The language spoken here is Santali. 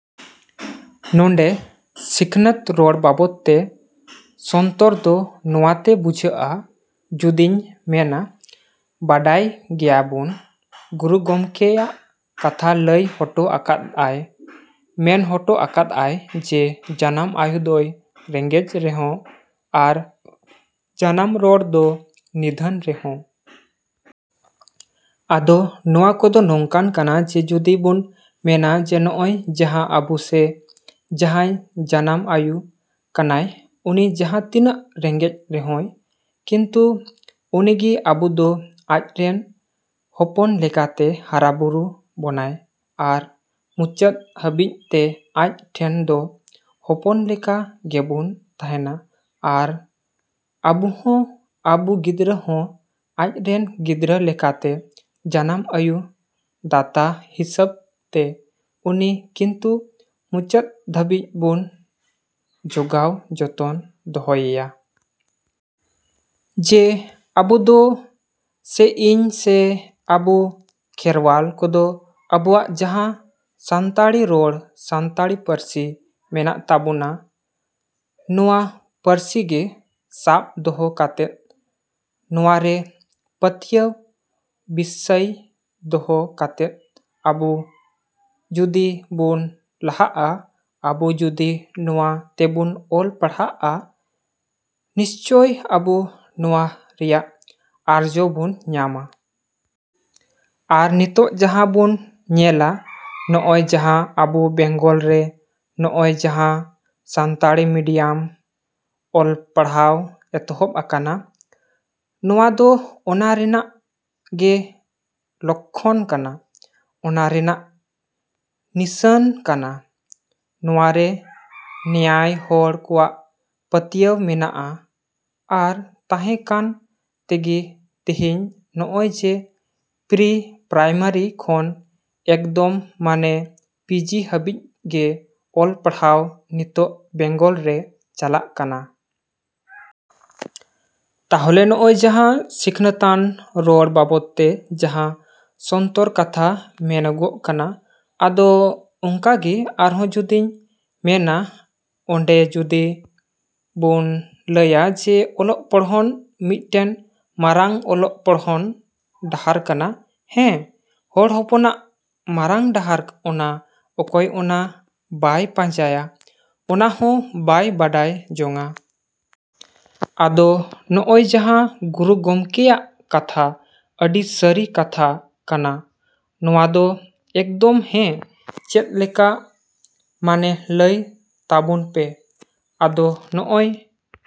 ᱱᱚᱸᱰᱮ ᱥᱤᱠᱷᱱᱟᱹᱛ ᱨᱚᱲ ᱵᱟᱵᱚᱫ ᱛᱮ ᱥᱚᱱᱛᱚᱨ ᱫᱚ ᱱᱚᱣᱟᱛᱮ ᱵᱩᱡᱷᱟᱹᱜᱼᱟ᱾ ᱡᱩᱫᱤᱧ ᱢᱮᱱᱟ, ᱵᱟᱲᱟᱭ ᱜᱮᱭᱟᱵᱚᱱ ᱜᱩᱨᱩ ᱜᱚᱢᱠᱮᱭᱟᱜ ᱠᱟᱛᱷᱟ ᱞᱟᱹᱭ ᱦᱚᱴᱚ ᱟᱠᱟᱫ ᱟᱭ, ᱢᱮᱱ ᱦᱚᱴᱚᱜ ᱟᱠᱟᱫ ᱟᱭ ᱡᱮ ᱡᱟᱱᱟᱢ ᱟᱭᱳ ᱫᱚᱭ ᱨᱮᱸᱜᱮᱡᱽ ᱨᱮᱦᱚᱸ ᱟᱨ ᱡᱟᱱᱟᱢ ᱨᱚᱲ ᱫᱚ ᱱᱤᱫᱷᱟᱹᱱ ᱨᱮᱦᱚᱸ᱾ ᱟᱫᱚ ᱱᱚᱣᱟ ᱠᱚᱫᱚ ᱱᱚᱝᱠᱟ ᱠᱟᱱᱟ ᱡᱮ ᱡᱩᱫᱤ ᱵᱚᱱ ᱢᱮᱱᱟ ᱡᱮ ᱱᱚᱜᱼᱚᱭ ᱡᱟᱦᱟᱸ ᱟᱵᱚ ᱥᱮ ᱡᱟᱦᱟᱸᱭ ᱡᱟᱱᱟᱢ ᱟᱹᱭᱩ ᱠᱟᱱᱟᱭ, ᱩᱱᱤ ᱡᱟᱦᱟᱸ ᱛᱤᱱᱟᱹᱜ ᱨᱮᱸᱜᱮᱡᱽ ᱨᱮᱦᱚᱸᱭ ᱠᱤᱱᱛᱩ ᱩᱱᱤᱜᱮ ᱟᱵᱚᱫᱚ ᱟᱪᱨᱮᱱ ᱦᱚᱯᱚᱱ ᱞᱮᱠᱟᱛᱮ ᱦᱟᱨᱟᱼᱵᱩᱨᱩ ᱵᱚᱱᱟᱭ ᱟᱨ ᱢᱩᱪᱟᱹᱫ ᱦᱟᱹᱵᱤᱡ ᱛᱮ ᱟᱡ ᱴᱷᱮᱱ ᱫᱚ ᱦᱚᱯᱚᱱ ᱞᱮᱠᱟ ᱜᱮᱵᱚᱱ ᱛᱟᱦᱮᱱᱟ ᱟᱨ ᱟᱵᱚᱦᱚᱸ ᱟᱵᱚ ᱜᱤᱫᱽᱨᱟᱹ ᱦᱚᱸ ᱟᱡ ᱨᱮᱱ ᱜᱤᱫᱽᱨᱟᱹ ᱞᱮᱠᱟᱛᱮ ᱡᱟᱱᱟᱢ ᱟᱹᱭᱩ ᱫᱟᱛᱟ ᱦᱤᱥᱟᱹᱵᱛᱮ ᱩᱱᱤ ᱠᱤᱱᱛᱩ ᱢᱩᱪᱟᱹᱫᱽ ᱫᱷᱟᱹᱵᱤᱡ ᱵᱚᱱ ᱡᱚᱜᱟᱣ ᱡᱚᱛᱚᱱ ᱫᱚᱦᱚᱭᱮᱭᱟ᱾ ᱡᱮ ᱟᱵᱚ ᱫᱚ ᱥᱮ ᱤᱧ ᱥᱮ ᱟᱵᱚ ᱠᱷᱮᱨᱣᱟᱞ ᱠᱚᱫᱚ ᱟᱵᱚᱣᱟᱜ ᱡᱟᱦᱟᱸ ᱥᱟᱱᱛᱟᱲᱤ ᱨᱚᱲ, ᱥᱟᱱᱛᱟᱲᱤ ᱯᱟᱹᱨᱥᱤ ᱢᱮᱱᱟᱜ ᱛᱟᱵᱳᱱᱟ, ᱱᱚᱣᱟ ᱯᱟᱹᱨᱥᱤᱜᱮ ᱥᱟᱵ ᱫᱚᱦᱚ ᱠᱟᱛᱮᱫ, ᱱᱚᱣᱟᱨᱮ ᱯᱟᱹᱛᱭᱟᱹᱣ ᱵᱤᱥᱥᱟᱹᱭ ᱫᱚᱦᱚ ᱠᱟᱛᱮᱫ ᱟᱵᱚ ᱡᱩᱫᱤ ᱵᱚᱱ ᱞᱟᱦᱟᱜᱼᱟ, ᱟᱵᱚ ᱡᱩᱫᱤ ᱱᱚᱣᱟ ᱛᱮᱵᱚᱱ ᱚᱞ ᱯᱟᱲᱦᱟᱜᱼᱟ, ᱱᱤᱥᱪᱳᱭ ᱟᱵᱚ ᱱᱚᱣᱟ ᱨᱮᱭᱟᱜ ᱟᱨᱡᱚ ᱵᱚᱱ ᱧᱟᱢᱟ᱾ ᱟᱨ ᱱᱤᱛᱚᱜ ᱡᱩᱫᱤ ᱵᱚᱱ ᱧᱮᱞᱟ, ᱱᱚᱜᱼᱚᱭ ᱡᱟᱦᱟᱸ ᱟᱵᱚ ᱵᱮᱝᱜᱚᱞ ᱨᱮ ᱱᱚᱜᱼᱚᱭ ᱡᱟᱦᱟᱸ ᱥᱟᱱᱛᱟᱲᱤ ᱢᱤᱰᱤᱭᱟᱢ ᱚᱞᱯᱟᱲᱦᱟᱣ ᱮᱛᱦᱚᱵ ᱟᱠᱟᱱᱟ, ᱱᱚᱣᱟᱫᱚ ᱚᱱᱟ ᱨᱮᱱᱟᱜ ᱜᱮ ᱞᱚᱠᱠᱷᱚᱱ ᱠᱟᱱᱟ, ᱚᱱᱟ ᱨᱮᱱᱟᱜ ᱱᱤᱥᱟᱹᱱ ᱠᱟᱱᱟ᱾ ᱱᱚᱣᱟᱨᱮ ᱱᱮᱭᱟᱱ ᱦᱚᱲ ᱠᱚᱣᱟᱜ ᱯᱟᱹᱛᱭᱟᱹᱣ ᱢᱮᱱᱟᱜ ᱟ ᱟᱨ ᱛᱟᱦᱮᱸ ᱠᱟᱱ ᱛᱮᱜᱮ ᱛᱮᱦᱤᱧ ᱱᱚᱜᱼᱚᱭ ᱡᱮ ᱯᱨᱤ ᱯᱨᱟᱭᱢᱟᱨᱤ ᱠᱷᱚᱱ ᱮᱠᱫᱚᱢ ᱢᱟᱱᱮ ᱯᱤᱡᱤ ᱦᱟᱹᱵᱤᱡ ᱜᱮ ᱚᱞ ᱯᱟᱲᱦᱟᱣ ᱱᱤᱛᱚᱜ ᱵᱮᱝᱜᱚᱞ ᱨᱮ ᱪᱟᱞᱟᱜ ᱠᱟᱱᱟ᱾ ᱛᱟᱦᱞᱮ ᱱᱚᱜᱼᱚᱭ ᱡᱟᱦᱟᱸ ᱥᱤᱠᱷᱱᱟᱹᱛᱟᱱ ᱨᱚᱲ ᱵᱟᱵᱚᱫ ᱛᱮ ᱡᱟᱦᱟᱸ ᱥᱚᱱᱛᱚᱨ ᱠᱟᱛᱷᱟ ᱢᱮᱱᱚᱜᱚᱜ ᱠᱟᱱᱟ᱾ ᱟᱫᱚ ᱚᱱᱠᱟᱜᱮ ᱟᱨᱦᱚᱸ ᱡᱩᱫᱤᱧ ᱢᱮᱱᱟᱜ, ᱚᱸᱰᱮ ᱡᱩᱫᱤ ᱵᱚᱱ ᱞᱟᱹᱭᱟ ᱡᱮ ᱚᱞᱚᱜ ᱯᱚᱲᱦᱚᱱ ᱢᱤᱫᱴᱮᱱ ᱢᱟᱨᱟᱝ ᱚᱞᱚᱜ ᱯᱚᱲᱦᱚᱱ ᱰᱟᱦᱟᱨ ᱠᱟᱱᱟ, ᱦᱮᱸ ᱦᱚᱲ ᱦᱚᱯᱚᱱᱟᱜ ᱢᱟᱨᱟᱝ ᱰᱟᱦᱟᱨ ᱚᱱᱟ ᱚᱠᱚᱭ ᱚᱱᱟ ᱵᱟᱭ ᱯᱟᱸᱡᱟᱭᱟ, ᱚᱱᱟ ᱦᱚᱸ ᱵᱟᱭ ᱵᱟᱰᱟᱭ ᱡᱚᱝᱟ᱾ ᱟᱫᱚ ᱱᱚᱜᱚᱭ ᱡᱟᱦᱟᱸ ᱜᱩᱨᱩ ᱜᱚᱢᱠᱮᱭᱟᱜ ᱠᱟᱛᱷᱟ ᱟᱹᱰᱤ ᱥᱟᱹᱨᱤ ᱠᱟᱛᱷᱟ ᱠᱟᱱᱟ ᱱᱚᱣᱟᱫᱚ ᱮᱠᱫᱚᱢ ᱦᱮᱸ ᱪᱮᱫ ᱞᱮᱠᱟ ᱢᱟᱱᱮ ᱞᱟᱹᱭ ᱛᱟᱵᱚᱱ ᱯᱮ᱾ ᱟᱫᱚ ᱱᱚᱜᱼᱚᱭ᱾